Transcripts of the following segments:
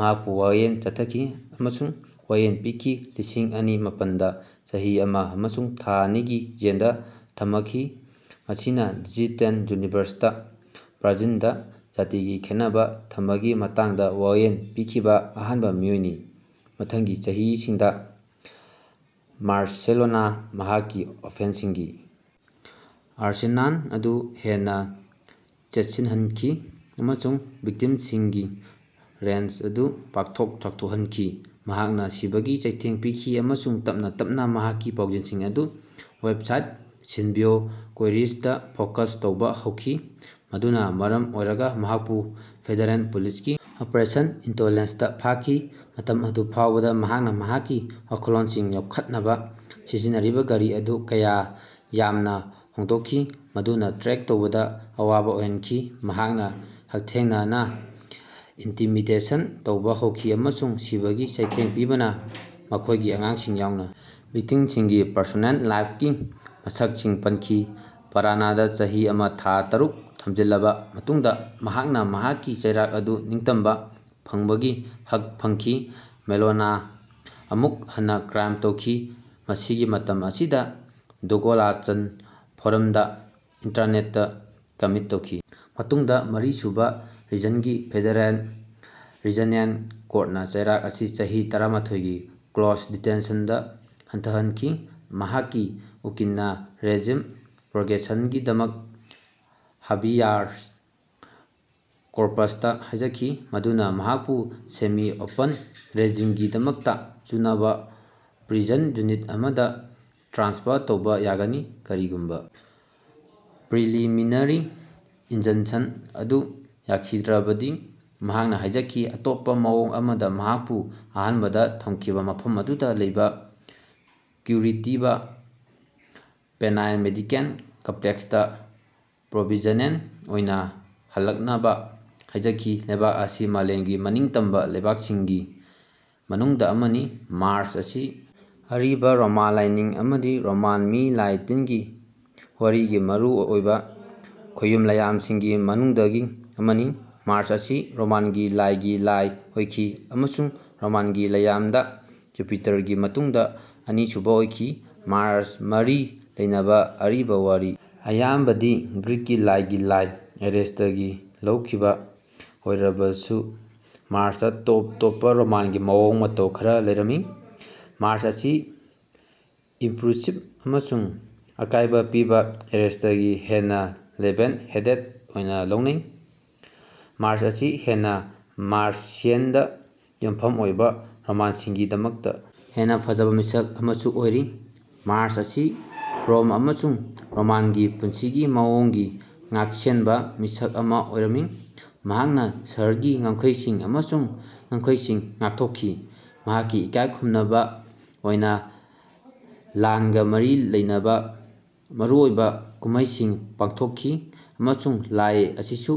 ꯃꯍꯥꯛꯄꯨ ꯋꯥꯌꯦꯜ ꯆꯠꯊꯈꯤ ꯑꯃꯁꯨꯡ ꯋꯥꯌꯦꯜ ꯄꯤꯈꯤ ꯂꯤꯁꯤꯡ ꯑꯅꯤ ꯃꯥꯄꯟꯗ ꯆꯍꯤ ꯑꯃꯥ ꯑꯃꯁꯨꯡ ꯊꯥ ꯑꯅꯤꯒꯤ ꯖꯦꯜꯗꯥ ꯊꯃꯈꯤ ꯃꯁꯤꯅꯥ ꯗꯤꯖꯤꯇꯦꯜ ꯌꯨꯅꯤꯚꯔꯁꯇꯥ ꯕ꯭ꯔꯥꯖꯤꯂꯗꯥ ꯖꯥꯇꯤꯒꯤ ꯈꯦꯟꯅꯕꯥ ꯊꯝꯕꯒꯤ ꯃꯇꯥꯡꯗꯥ ꯋꯥꯌꯦꯜ ꯄꯤꯈꯤꯕꯥ ꯑꯍꯥꯟꯕꯥ ꯃꯤꯑꯣꯏꯅꯤ꯫ ꯃꯊꯪꯒꯤ ꯆꯍꯤꯁꯤꯡꯗꯥ ꯃꯥꯔꯁꯦꯂꯣꯅꯥ ꯃꯍꯥꯛꯀꯤ ꯑꯣꯐꯦꯟꯁꯁꯤꯡꯒꯤ ꯑꯥꯔꯁꯦꯅꯥꯜ ꯑꯗꯨ ꯍꯦꯟꯅꯥ ꯆꯦꯠꯁꯤꯜꯍꯟꯈꯤ ꯑꯃꯁꯨꯡ ꯚꯤꯛꯇꯤꯝꯁꯤꯡꯒꯤ ꯔꯦꯟꯖ ꯑꯗꯨ ꯄꯥꯛꯊꯣꯛ ꯆꯥꯎꯊꯣꯛꯍꯟꯈꯤ꯫ ꯃꯍꯥꯛꯅꯥ ꯁꯤꯕꯒꯤ ꯆꯩꯊꯦꯡ ꯄꯤꯈꯤ ꯑꯃꯁꯨꯡ ꯇꯞꯅꯥ ꯇꯞꯅꯥ ꯃꯍꯥꯛꯀꯤ ꯄꯥꯎꯖꯦꯜꯁꯤꯡ ꯑꯗꯨ ꯋꯦꯕꯁꯥꯏꯠ ꯁꯤꯜꯚꯤꯑꯣ ꯀꯣꯏꯔꯤꯆ ꯗꯥ ꯐꯣꯀꯁ ꯇꯧꯕꯥ ꯍꯧꯈꯤ ꯃꯗꯨꯅꯥ ꯃꯔꯝ ꯑꯣꯏꯔꯒꯥ ꯃꯍꯥꯛꯄꯨ ꯐꯦꯗꯔꯦꯜ ꯄꯨꯂꯤꯁꯀꯤ ꯑꯣꯄꯔꯦꯁꯟ ꯏꯟꯇꯣꯂꯦꯟꯁꯇꯥ ꯐꯥꯈꯤ꯫ ꯃꯇꯝ ꯑꯗꯨ ꯐꯥꯎꯕꯗꯥ ꯃꯍꯥꯛꯅꯥ ꯃꯍꯥꯛꯀꯤ ꯋꯥꯈꯜꯂꯣꯟꯁꯤꯡ ꯌꯣꯛꯈꯠꯅꯕꯥ ꯁꯤꯖꯤꯟꯅꯔꯤꯕꯥ ꯒꯥꯔꯤ ꯑꯗꯨ ꯀꯌꯥ ꯌꯥꯝꯅꯥ ꯍꯣꯡꯗꯣꯛꯈꯤ ꯃꯗꯨꯅꯥ ꯇ꯭ꯔꯦꯛ ꯇꯧꯕꯗꯥ ꯑꯋꯥꯕꯥ ꯑꯣꯏꯍꯟꯈꯤ꯫ ꯃꯍꯥꯛꯅꯥ ꯍꯛꯊꯦꯡꯅꯅꯥ ꯏꯟꯇꯤꯃꯤꯗꯦꯁꯟ ꯇꯧꯕꯥ ꯍꯧꯈꯤ ꯑꯃꯁꯨꯡ ꯁꯤꯕꯒꯤ ꯆꯩꯊꯦꯡ ꯄꯤꯕꯅꯥ ꯃꯈꯣꯏꯒꯤ ꯑꯉꯥꯡꯁꯤꯡ ꯌꯥꯎꯅꯥ ꯚꯤꯛꯇꯤꯝꯁꯤꯡꯒꯤ ꯄꯔꯁꯣꯅꯦꯜ ꯂꯥꯏꯐꯀꯤ ꯃꯁꯛꯁꯤꯡ ꯄꯟꯈꯤ꯫ ꯄꯥꯔꯥꯅꯥꯗꯥ ꯆꯍꯤ ꯑꯃꯥ ꯊꯥ ꯇꯔꯨꯛ ꯊꯝꯖꯤꯜꯂꯕꯥ ꯃꯇꯨꯡꯗꯥ ꯃꯍꯥꯛꯅꯥ ꯃꯍꯥꯛꯀꯤ ꯆꯩꯔꯥꯛ ꯑꯗꯨ ꯅꯤꯡꯇꯝꯕꯥ ꯐꯪꯕꯒꯤ ꯍꯛ ꯐꯪꯈꯤ꯫ ꯃꯦꯂꯣꯅꯥ ꯑꯃꯨꯛ ꯍꯟꯅꯥ ꯀ꯭ꯔꯥꯏꯝ ꯇꯧꯈꯤ ꯃꯁꯤꯒꯤ ꯃꯇꯝ ꯑꯁꯤꯗꯥ ꯗꯣꯒꯣꯂꯥꯆꯟ ꯐꯣꯔꯝꯗꯥ ꯏꯟꯇꯔꯅꯦꯠꯇꯥ ꯀꯃꯤꯠ ꯇꯧꯈꯤ꯫ ꯃꯇꯨꯡꯗꯥ ꯃꯔꯤꯁꯨꯕꯥ ꯔꯤꯖꯟꯒꯤ ꯐꯦꯗꯔꯦꯜ ꯔꯤꯖꯅꯦꯜ ꯀꯣꯔꯠꯅꯥ ꯆꯩꯔꯥꯛ ꯑꯁꯤ ꯆꯍꯤ ꯇꯔꯥꯃꯥꯊꯣꯏꯒꯤ ꯀ꯭ꯂꯣꯖ ꯗꯤꯇꯦꯟꯁꯟꯗꯥ ꯍꯟꯊꯍꯟꯈꯤ꯫ ꯃꯍꯥꯛꯀꯤ ꯎꯀꯤꯜꯅꯥ ꯔꯦꯖꯤꯝ ꯄ꯭ꯔꯣꯒ꯭ꯔꯦꯁꯟꯒꯤꯗꯃꯛ ꯍꯕꯤꯌꯥꯁ ꯀꯣꯔꯄꯁꯇꯥ ꯍꯥꯏꯖꯈꯤ ꯃꯗꯨꯅꯥ ꯃꯍꯥꯛꯄꯨ ꯁꯦꯃꯤ ꯑꯣꯄꯟ ꯔꯦꯖꯤꯝꯒꯤꯗꯃꯛꯇꯥ ꯆꯨꯅꯕꯥ ꯄ꯭ꯔꯤꯖꯟ ꯌꯨꯅꯤꯠ ꯑꯃꯗꯥ ꯇ꯭ꯔꯥꯟꯁꯐꯔ ꯇꯧꯕꯥ ꯌꯥꯒꯅꯤ꯫ ꯀꯔꯤꯒꯨꯝꯕꯥ ꯄ꯭ꯔꯤꯂꯤꯃꯤꯅꯥꯔꯤ ꯏꯟꯖꯟꯁꯟ ꯑꯗꯨ ꯌꯥꯈꯤꯗ꯭ꯔꯕꯗꯤ ꯃꯍꯥꯛꯅꯥ ꯍꯥꯏꯖꯈꯤ ꯑꯇꯣꯞꯄꯥ ꯃꯑꯣꯡ ꯑꯃꯗꯥ ꯃꯍꯥꯛꯄꯨ ꯑꯍꯥꯟꯕꯗꯥ ꯊꯝꯈꯤꯕꯥ ꯃꯐꯝ ꯑꯗꯨꯗꯥ ꯂꯩꯕꯥ ꯀ꯭ꯌꯨꯔꯤꯇꯤꯕꯥ ꯄꯦꯅꯥꯜ ꯃꯦꯗꯤꯀꯦꯜ ꯀꯝꯄ꯭ꯂꯦꯛꯁꯇꯥ ꯄ꯭ꯔꯣꯕꯤꯖꯅꯦꯜ ꯑꯣꯏꯅꯥ ꯍꯜꯂꯛꯅꯕꯥ ꯍꯥꯏꯖꯈꯤ꯫ ꯂꯩꯄꯥꯛ ꯑꯁꯤ ꯃꯥꯂꯦꯝꯒꯤ ꯃꯅꯤꯡ ꯇꯝꯕ ꯂꯩꯄꯥꯛꯁꯤꯡꯒꯤ ꯃꯅꯨꯡꯗ ꯑꯃꯅꯤ꯫ ꯃꯥꯔ꯭ꯁ ꯑꯁꯤ ꯑꯔꯤꯕ ꯔꯣꯃꯥꯟ ꯂꯥꯢꯅꯤꯡ ꯑꯃꯗꯤ ꯔꯣꯃꯥꯟ ꯃꯤ ꯂꯥꯢ ꯇꯤꯟꯒꯤ ꯋꯥꯔꯤꯒꯤ ꯃꯔꯨ ꯑꯣꯢꯕ ꯈꯣꯌꯨꯝ ꯂꯥꯢꯌꯥꯝꯁꯤꯡꯒꯤ ꯃꯅꯨꯡꯗꯒꯤ ꯑꯃꯅꯤ꯫ ꯃꯥꯔ꯭ꯁ ꯑꯁꯤ ꯔꯣꯃꯥꯟꯒꯤ ꯂꯥꯟꯒꯤ ꯂꯥꯏ ꯑꯣꯏꯈꯤ ꯑꯃꯁꯨꯡ ꯔꯣꯃꯥꯟꯒꯤ ꯂꯥꯏꯌꯥꯝꯗ ꯖꯨꯄꯤꯇꯔꯒꯤ ꯃꯇꯨꯡꯗ ꯑꯅꯤꯁꯨꯕ ꯑꯣꯏꯈꯤ꯫ ꯃꯥꯔ꯭ꯁ ꯃꯔꯤ ꯂꯩꯅꯕ ꯑꯔꯤꯕ ꯋꯥꯔꯤ ꯑꯌꯥꯝꯕꯗꯤ ꯒ꯭ꯔꯤꯛꯀꯤ ꯂꯥꯟꯒꯤ ꯂꯥꯏ ꯑꯦꯔꯦꯁꯇꯒꯤ ꯂꯧꯈꯤꯕ ꯑꯣꯏꯔꯕꯁꯨ ꯃꯥꯔ꯭ꯁꯇ ꯇꯣꯞ-ꯇꯣꯞꯄ ꯔꯣꯃꯥꯟꯒꯤ ꯃꯑꯣꯡ ꯃꯇꯧ ꯈꯔ ꯂꯩꯔꯝꯃꯤ꯫ ꯃꯥꯔ꯭ꯁ ꯑꯁꯤ ꯏꯝꯄ꯭ꯂꯨꯁꯤꯕ ꯑꯃꯁꯨꯡ ꯑꯀꯥꯏꯕ ꯄꯤꯕ ꯑꯦꯔꯦꯁꯇꯒꯤ ꯍꯦꯟꯅ ꯂꯦꯚꯦꯜ ꯍꯦꯗꯦꯗ ꯑꯣꯏꯅ ꯂꯧꯅꯩ꯫ ꯃꯥꯔ꯭ꯁ ꯑꯁꯤ ꯍꯦꯟꯅ ꯃꯥꯔꯁꯤꯌꯦꯜꯗ ꯌꯨꯝꯐꯝ ꯑꯣꯏꯕ ꯔꯣꯃꯥꯟꯁꯤꯡꯒꯤꯗꯃꯛꯇ ꯍꯦꯟꯅ ꯐꯖꯕ ꯃꯤꯁꯛ ꯑꯃꯁꯨ ꯑꯣꯏꯔꯤ꯫ ꯃꯥꯔ꯭ꯁ ꯑꯁꯤ ꯔꯣꯝ ꯑꯃꯁꯨꯡ ꯔꯣꯃꯥꯟꯒꯤ ꯄꯨꯟꯁꯤꯒꯤ ꯃꯑꯣꯡꯒꯤ ꯉꯥꯛꯁꯦꯟꯕ ꯃꯤꯁꯛ ꯑꯃ ꯑꯣꯏꯔꯝꯃꯤ꯫ ꯃꯍꯥꯛꯅ ꯁꯍꯔꯒꯤ ꯉꯝꯈꯩꯁꯤꯡ ꯑꯃꯁꯨꯡ ꯉꯝꯈꯩꯁꯤꯡ ꯉꯥꯛꯊꯣꯛꯈꯤ꯫ ꯃꯍꯥꯛꯀꯤ ꯏꯀꯥꯏꯈꯨꯝꯅꯕ ꯑꯣꯏꯅ ꯂꯥꯟꯒ ꯃꯔꯤ ꯂꯩꯅꯕ ꯃꯔꯨꯑꯣꯏꯕ ꯀꯨꯝꯍꯩꯁꯤꯡ ꯄꯥꯡꯊꯣꯛꯈꯤ ꯑꯃꯁꯨꯡ ꯂꯥꯏ ꯑꯁꯤꯁꯨ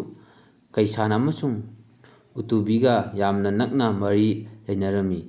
ꯀꯩꯁꯥꯜ ꯑꯃꯁꯨꯡ ꯎꯇꯨꯕꯤꯒ ꯌꯥꯝꯅ ꯅꯛꯅ ꯃꯔꯤ ꯂꯩꯅꯔꯝꯃꯤ꯫